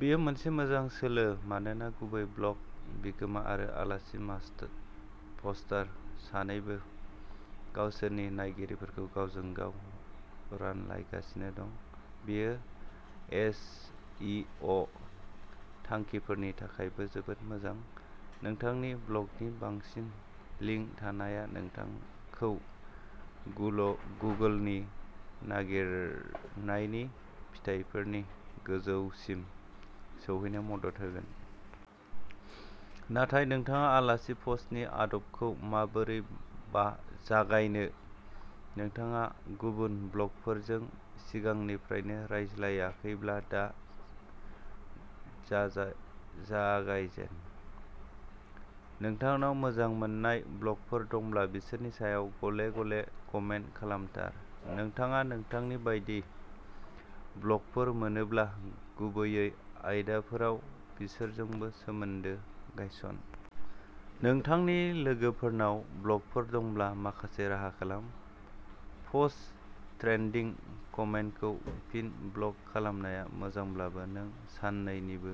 बेयो मोनसे मोजां सोलो मानोना गुबै ब्लग बिगोमा आरो आलासि पस्टार सानैबो गावसोरनि नायगिरिफोरखौ गावजों गाव रानलायगासिनो दं। बेयो एस इ अ थांखिफोरनि थाखायबो जोबोद मोजां। नोंथांनि ब्लगनि बांसिन लिंक थानाया नोंथांखौ गुगोलनि नागिरनायनि फिथायफोरनि गोजौसिम सौहैनायाव मदद होगोन। नाथाय नोंथाङा आलासि पस्टनि आदबखौ माबोरै जागायनो नोंथाङा गुबुन ब्लगफोरजों सिगांनिफ्रायनो रायज्लायाखैब्ला, दा जाजा जागायजेन। नोंथांनाव मोजां मोनजानाय ब्लगफोर दंब्ला, बिसोरनि सायाव गले-गले कमेन्ट खालामथार। नोंथाङा नोंथांनि बायदि ब्लगफोर मोनोब्ला, गुबैयै आयदाफोराव, बिसोरजोंबो सोमोन्दो गायसन। नोंथांनि लोगोफोरनाव ब्लगफोर दंब्ला, माखासे राहा खालाम। Post trading. कन्टेन्टखौ फिन ब्लग खालामनाया मोजांब्लाबो, नों सानैनिबो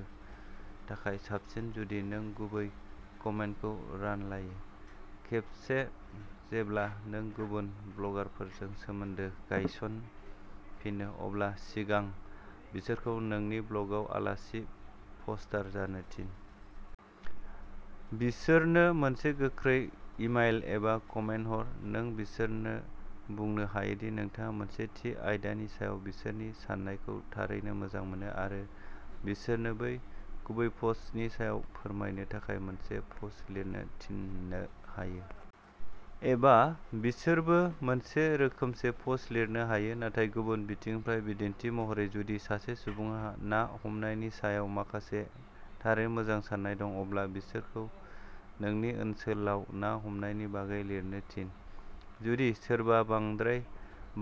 थाखाय साबसिन जुदि नों गुबै कन्टेन्टखौ रानलायो। खेबसे जेब्ला नों गुबुन ब्लगारफोरजों सोमोन्दो गायसनफिनो, अब्ला सिगां बिसोरखौ नोंनि ब्लगआव आलासि पस्टार जानो थिन। बिसोरनो मोनसे गोख्रै इमेल एबा कमेन्ट हर। नों बिसोरनो बुंनो हायो दि नोंथाङा मोनसे थि आयदानि सायाव बिसोरनि साननायखौ थारैनो मोजां मोनो आरो बिसोरनो बै गुबै पस्टनि सायाव फोरमायनो थाखाय मोनसे पस्ट लिरनो थिननो हायो। एबा बिसोरबो मोनसे रोखोमसे पस्ट लिरनो हायो, नाथाय गुबुन बिथिंनिफ्राय। बिदिन्थि महरै, जुदि सासे सुबुंहा ना हमनायनि सायाव माखासे थारैनो मोजां सान्नाय दं, अब्ला बिसोरखौ नोंनि ओनसोलाव ना हमनायनि बागै लिरनो थिन। जुदि सोरबा बांद्राय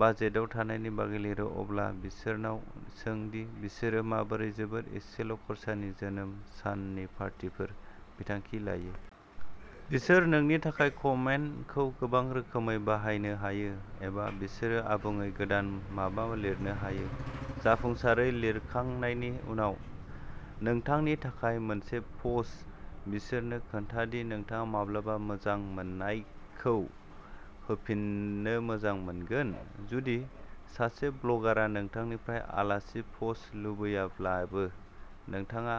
बाजेटाव थानायनि बागै लिरो, अब्ला बिसोरनाव सों दि बिसोरो माबोरै जोबोद एसेल'खरसानि जोनोम साननि पार्टिफोर बिथांखि लायो। बिसोर नोंनि थाखाय कन्टेन्टखौ गोबां रोखोमै बाहायनो हायो एबा बिसोरो आबुङै गोदान माबा लिरनो हायो जाफुंसारै लिरखांनायनि उनाव। नोंथांनि थाखाय मोनसे पस्ट, बिसोरनो खोन्था दि नोंथाङा माब्लाबा मोजां मोननायखौ होफिननो मोजां मोनगोन। जुदि सासे ब्लगारआ नोंथांनिफ्राय आलासि पस्ट लुबैयाब्लाबो, नोंथाङा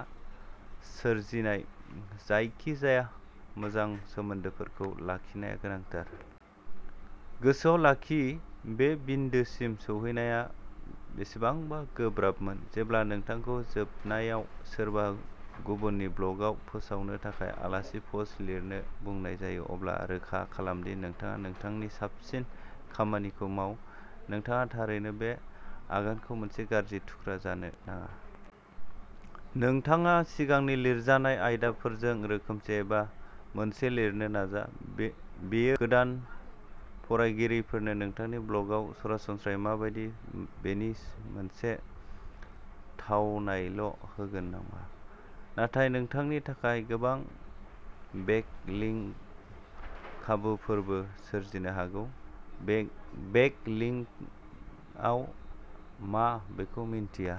सोरजिनाय जायखिजाया मोजां सोमोन्दोफोरखौ लाखिनाया गोनांथार। गोसोआव लाखि बे बिन्दोसिम सौहैनाया बेसेबां गोब्राबमोन? जेब्ला नोंथांखौ जोबनायाव सोरबा गुबुननि ब्लगआव फोसावनो थाखाय आलासि पस्ट लिरनो बुंनाय जायो, अब्ला रोखा खालाम दि नोंथाङा नोंथांनि साबसिन खामानिखौ माव। नोंथाङा थारैनो बे आगानखौ मोनसे गाज्रि थुख्रा जानो नाङा। नोंथाङा सिगांनि लिरजानाय आयदाफोरजों रोखोमसे माबा मोनसे लिरनो नाजा। बे बेयो गोदान फरायगिरिफोरनो नोंथांनि ब्लगआ सरासनस्रायै मा बायदि बेनि मोनसे थावनायल' होगोन नङा, नाथाय नोंथांनि थाखाय गोबां बेकलिङ्क खाबुफोरबो सोरजिनो हागोन। बे बेकलिङ्किंआ मा बेखौ मिन्थिया।